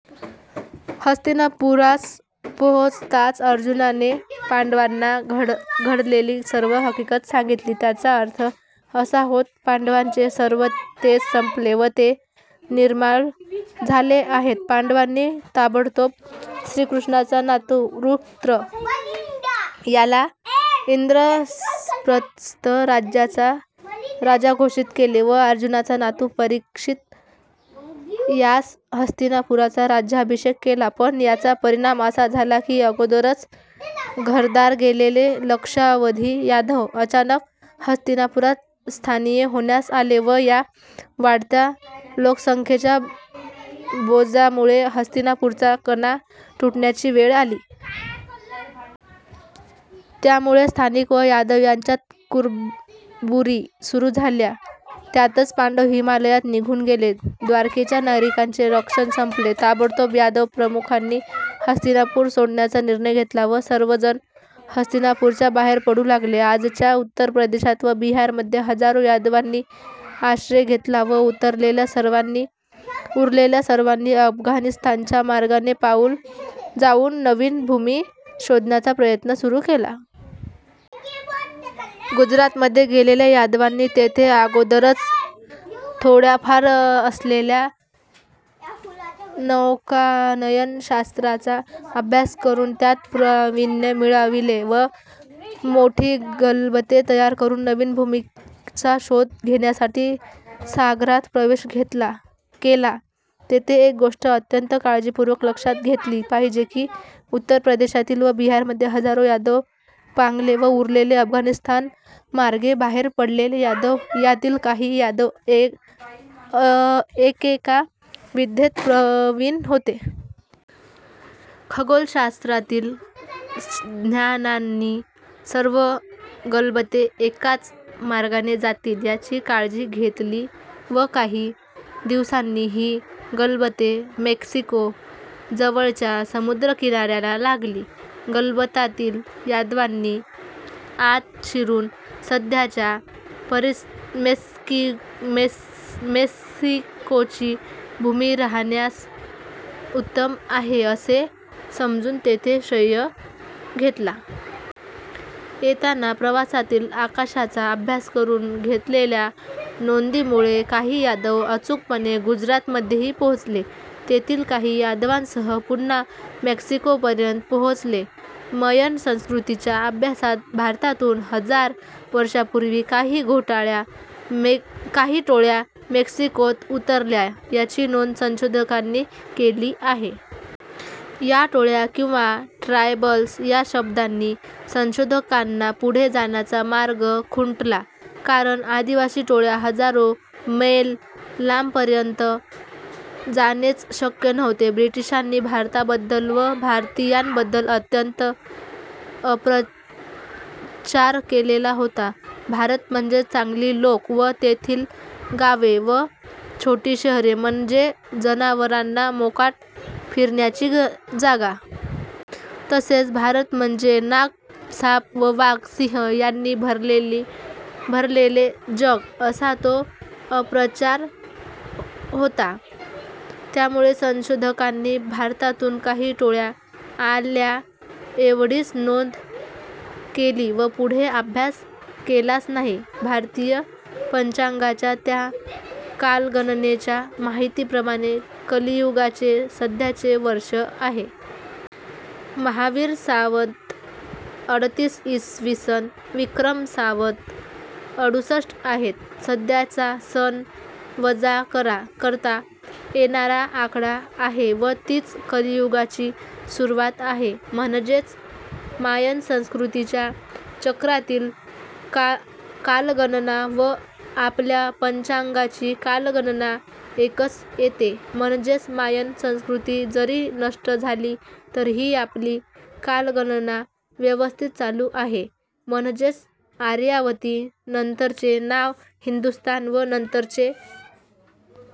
हस्तिनापुरास पोहोचताच अर्जुनाने पांडवांना घडलेली सर्व हकीकत सांगितली. त्याचा अर्थ असा होता पांडवांचे सर्व तेज संपले व ते निर्मल झाले आहेत. पांडवांनी ताबडतोब श्रीकृष्णाचा नातू वृत्र याला इंद्रप्रस्थ राज्याचा राजा घोषित केले व अर्जुनाचा नातू परीक्षित यास हस्तिनापूरचा राज्याभिषेक केला पण याचा परिणाम असा झाला की अगोदरच घरदार गेलेले लक्षावधी यादव अचानक हस्तिनापुरात स्थायिक होण्यास आले व या वाढत्या लोकसंख्येच्या बोजामुळे हस्तिनापूरचा कणा तुटण्याची वेळ आली. त्यामुळे स्थानिक व यादव यांच्यात कुरबुरी सुरू झाल्या. त्यातच पांडव हिमालयात निघून गेले. द्वारकेच्या नागरिकांचे संरक्षण संपले. ताबडतोब यादव प्रमुखांनी हस्तिनापुर सोडण्याचा निर्णय घेतला व सर्वजण हस्तिनापूरच्या बाहेर पडू लागले. आजच्या उत्तर प्रदेशात व बिहारमध्ये हजारो यादवांनी आश्रय घेतला व उरलेल्या सर्वांनी अफगाणिस्तानच्या मार्गाने जाऊन नवीन भूमी शोधण्याचा प्रयत्न सुरू केला. गुजरातमध्ये गेलेल्या यादवांनी तेथे अगोदरच थोड्याफार असलेल्या नौकानयन शास्त्राचा अभ्यास करून त्यात प्रावीण्य मिळविले व मोठी गलबते तयार करून नवीन भूमीचा शोध घेण्यासाठी सागरात प्रवेश केला. येथे एक गोष्ट अत्यंत काळजीपूर्वक लक्षात घेतली पाहिजे की उत्तर प्रदेशातील व बिहारमध्ये हजारो यादव पांगले व उरलेले अफगाणिस्तान मार्गे बाहेर पडलेले यादव यातील काही यादव एकेका विद्येत प्रवीण होते. खगोलशास्त्रातील ज्ञात्यांनी सर्व गलबते एकाच मार्गाने जातील याची काळजी घेतली व काही दिवसांनी ही गलबते मेक्सिको जवळच्या समुद्रकिनाऱ्याला लागली. गलबतातील यादवांनी आत शिरून सध्याच्या मेक्सिकोची भूमी राहण्यास उत्तम आहे असे समजून तेथे आश्रय घेतला. येताना प्रवासातील आकाशाचा अभ्यास करून घेतलेल्या नोंदीमुळे काही यादव अचूकपणे गुजरातमध्येही पोहोचले. तेथील काही यादवांसह पुन्हा मॅक्सिकोपर्यंत पोहोचले. मायन संस्कृतीच्या अभ्यासात भारतातून हजार वर्षांपूर्वी काही टोळ्या मेक्सिकोत उतरल्या याची नोंद संशोधकांनी केली आहे. या टोळ्या किंवा ट्रायबल्स या शब्दांनी संशोधकांना पुढे जाण्याचा मार्ग खुंटला कारण आदिवासी टोळ्या हजारो मैल लांबपर्यंत जाणेच शक्य नव्हते. ब्रिटिशांनी भारताबद्दल व भारतीयांबद्दल अत्यंत अपप्रचार केलेला होता. भारत म्हणजे जंगली लोक व तेथील गावे व छोटी शहरे म्हणजे जनावरांना मोकाट फिरण्याची जागा. तसेच भारत म्हणजे नाग, साप व वाघ, सिंह यांनी भरलेले जग असा तो अपप्रचार होता. त्यामुळे संशोधकांनी भारतातून काही टोळ्या आल्या एवढीच नोंद केली व पुढे अभ्यास केलाच नाही. भारतीय पंचांगाच्या त्या कालगणनेच्या माहितीप्रमाणे कलियुगाचे सध्याचे वर्ष आहे. महावीर संवत अडतीस इ. स. विक्रम संवत अडुसष्ट आहेत. सध्याचा सन वजा करता येणारा आकडा आहे व तीच कलियुगाची सुरुवात आहे. म्हणजेच मायन संस्कृतीच्या चक्रातील कालगणना व आपल्या पंचांगाची कालगणना एकच येते. म्हणजेच मायन संस्कृती जरी नष्ट झाली तरीही आपली कालगणना व्यवस्थित चालू आहे. म्हणजेच आर्यावती नंतरचे नाव हिंदुस्तान व नंतरचे